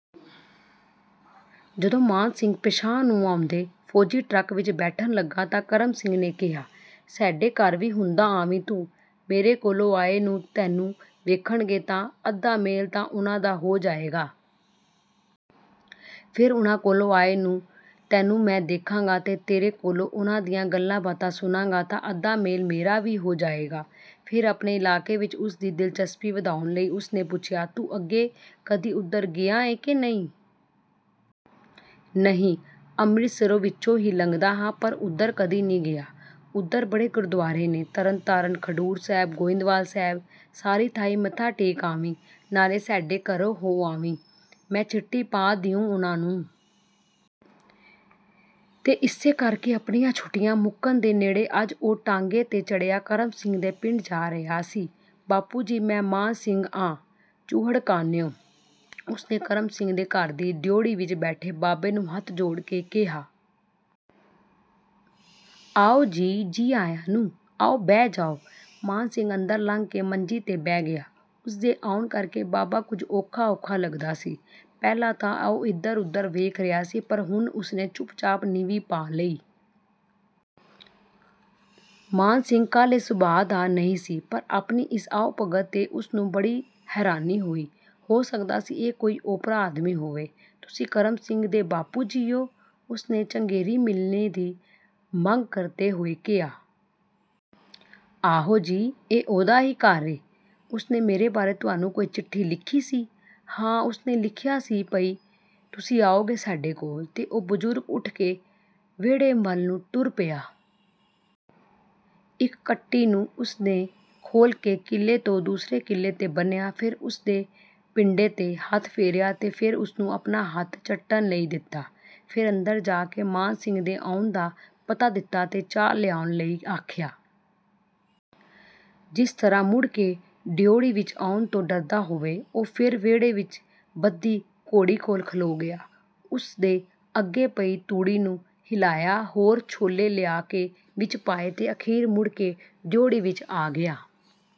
ਜਦੋਂ ਮਾਨ ਸਿੰਘ ਪਿਛਾਂਹ ਨੂੰ ਆਉਂਦੇ ਫ਼ੌਜੀ ਟਰੱਕ ਵਿਚ ਬੈਠਣ ਲੱਗਾ ਤਾਂ ਕਰਮ ਸਿੰਘ ਨੇ ਕਿਹਾ, ''ਸਾਡੇ ਘਰ ਵੀ ਹੁੰਦਾ ਆਵੀਂ ਤੂੰ। ਮੇਰੇ ਕੋਲੋਂ ਆਏ ਨੂੰ ਤੈਨੂੰ ਵੇਖਣਗੇ ਤਾਂ ਅੱਧਾ ਮੇਲ ਤਾਂ ਉਹਨਾਂ ਦਾ ਹੋ ਜਾਏਗਾ। ਫਿਰ ਉਹਨਾਂ ਕੋਲੋਂ ਆਏ ਨੂੰ ਤੈਨੂੰ ਮੈਂ ਵੇਖਾਂਗਾ ਤੇ ਤੇਰੇ ਕੋਲੋਂ ਉਹਨਾਂ ਦੀਆਂ ਗੱਲਾਂ-ਬਾਤਾਂ ਸੁਣਾਂਗਾ ਤਾਂ ਅੱਧਾ ਮੇਲ ਮੇਰਾ ਵੀ ਹੋ ਜਾਏਗਾ।'' ਫਿਰ ਆਪਣੇ ਇਲਾਕੇ ਵਿਚ ਉਸ ਦੀ ਦਿਲਚਸਪੀ ਵਧਾਉਣ ਲਈ ਉਸ ਨੇ ਪੁੱਛਿਆ, ''ਤੂੰ ਅੱਗੇ ਕਦੀ ਉਧਰ ਗਿਆ ਏ ਕਿ ਨਹੀਂ?'' ''ਨਹੀਂ, ਅੰਮ੍ਰਿਤਸਰ ਵਿਚੋਂ ਹੀ ਲੰਘਿਆ ਹਾਂ, ਪਰ ਉੱਧਰ ਕਦੀ ਨਹੀਂ ਗਿਆ।'' ''ਉੱਧਰ ਬੜੇ ਗੁਰਦੁਆਰੇ ਨੇ – ਤਰਨ ਤਾਰਨ, ਖਡੂਰ ਸਾਹਿਬ, ਗੋਇੰਦਵਾਲ ਸਾਹਿਬ। ਸਾਰੀ ਥਾਈਂ ਮੱਥਾ ਟੇਕ ਆਵੀਂ, ਨਾਲੇ ਸਾਡੇ ਘਰੋਂ ਹੋ ਆਵੀਂ। ਮੈਂ ਚਿੱਠੀ ਪਾ ਦਿਊਂ ਉਹਨਾਂ ਨੂੰ।'' ਤੇ ਇਸੇ ਕਰ ਕੇ ਆਪਣੀਆਂ ਛੁੱਟੀਆਂ ਮੁੱਕਣ ਦੇ ਨੇੜੇ ਅੱਜ ਉਹ ਟਾਂਗੇ 'ਤੇ ਚੜ੍ਹਿਆ ਕਰਮ ਸਿੰਘ ਦੇ ਪਿੰਡ ਜਾ ਰਿਹਾ ਸੀ। ''ਬਾਪੂ ਜੀ, ਮੈਂ ਮਾਨ ਸਿੰਘ ਆਂ ਚੂਹੜਕਾਣਿਓ।'' ਉਸ ਨੇ ਕਰਮ ਸਿੰਘ ਦੇ ਘਰ ਦੀ ਡਿਓੜੀ ਵਿਚ ਬੈਠੇ ਬਾਬੇ ਨੂੰ ਹੱਥ ਜੋੜ ਕੇ ਕਿਹਾ। ''ਆਓ ਜੀ, ਜੀ ਆਇਆਂ ਨੂੰ। ਆਓ, ਬਹਿ ਜਾਓ।'' ਮਾਨ ਸਿੰਘ ਅੰਦਰ ਲੰਘ ਕੇ ਮੰਜੀ 'ਤੇ ਬਹਿ ਗਿਆ। ਉਸ ਦੇ ਆਉਣ ਕਰ ਕੇ ਬਾਬਾ ਕੁਝ ਔਖਾ-ਔਖਾ ਲੱਗਦਾ ਸੀ। ਪਹਿਲਾਂ ਤਾਂ ਉਹ ਇੱਧਰ-ਉੱਧਰ ਵੇਖ ਰਿਹਾ ਸੀ, ਪਰ ਹੁਣ ਉਸ ਨੇ ਚੁੱਪ-ਚਾਪ ਨੀਵੀਂ ਪਾ ਲਈ। ਮਾਨ ਸਿੰਘ ਕਾਹਲੇ ਸੁਭਾਅ ਦਾ ਨਹੀਂ ਸੀ ਪਰ ਆਪਣੀ ਇਸ ਆਓ-ਭਗਤ 'ਤੇ ਉਸ ਨੂੰ ਬੜੀ ਹੈਰਾਨੀ ਹੋਈ। ਹੋ ਸਕਦਾ ਸੀ ਇਹ ਕੋਈ ਓਪਰਾ ਆਦਮੀ ਹੋਵੇ। ''ਤੁਸੀਂ ਕਰਮ ਸਿੰਘ ਦੇ ਬਾਪੂ ਜੀ ਓ?'' ਉਸ ਨੇ ਚੰਗੇਰੀ ਮਿਲਣੀ ਦੀ ਮੰਗ ਕਰਦੇ ਹੋਏ ਕਿਹਾ। ''ਆਹੋ ਜੀ, ਇਹ ਉਹਦਾ ਹੀ ਘਰ ਏ।'' ''ਉਸ ਨੇ ਮੇਰੇ ਬਾਰੇ ਤੁਹਾਨੂੰ ਕੋਈ ਚਿੱਠੀ ਲਿਖੀ ਸੀ?'' ''ਹਾਂ, ਉਸ ਨੇ ਲਿਖਿਆ ਸੀ ਪਈ ਤੁਸੀਂ ਆਉਗੇ ਸਾਡੇ ਕੋਲ।'' ਤੇ ਓਹ ਬਜ਼ੁਰਗ ਉੱਠ ਕੇ ਵਿਹੜੇ ਵੱਲ ਨੂੰ ਟੁਰ ਪਿਆ। ਇਕ ਕੱਟੀ ਨੂੰ ਉਸ ਨੇ ਖੋਲ੍ਹ ਕੇ ਕਿੱਲੇ ਤੋਂ ਦੂਸਰੇ ਕਿੱਲੇ 'ਤੇ ਬੰਨ੍ਹਿਆ, ਫਿਰ ਉਸ ਦੇ ਪਿੰਡੇ 'ਤੇ ਹੱਥ ਫੇਰਿਆ ਤੇ ਫਿਰ ਉਸ ਨੂੰ ਆਪਣਾ ਹੱਥ ਚੱਟਣ ਲਈ ਦਿੱਤਾ। ਫਿਰ ਅੰਦਰ ਜਾ ਕੇ ਮਾਨ ਸਿੰਘ ਦੇ ਆਉਣ ਦਾ ਪਤਾ ਦਿੱਤਾ ਤੇ ਚਾਹ ਲਿਆਉਣ ਲਈ ਆਖਿਆ। ਜਿਸ ਤਰ੍ਹਾਂ ਮੁੜ ਕੇ ਡਿਓੜੀ ਵਿਚ ਆਉਣ ਤੋਂ ਡਰਦਾ ਹੋਵੇ, ਉਹ ਫਿਰ ਵਿਹੜੇ ਵਿਚ ਬੱਧੀ ਘੋੜੀ ਕੋਲ ਖਲੋ ਗਿਆ। ਉਸ ਦੇ ਅੱਗੇ ਪਈ ਤੂੜੀ ਨੂੰ ਹਿਲਾਇਆ, ਹੋਰ ਛੋਲੇ ਲਿਆ ਕੇ ਵਿਚ ਪਾਏ ਤੇ ਅਖ਼ੀਰ ਮੁੜ ਕੇ ਡਿਓੜੀ ਵਿਚ ਆ ਗਿਆ।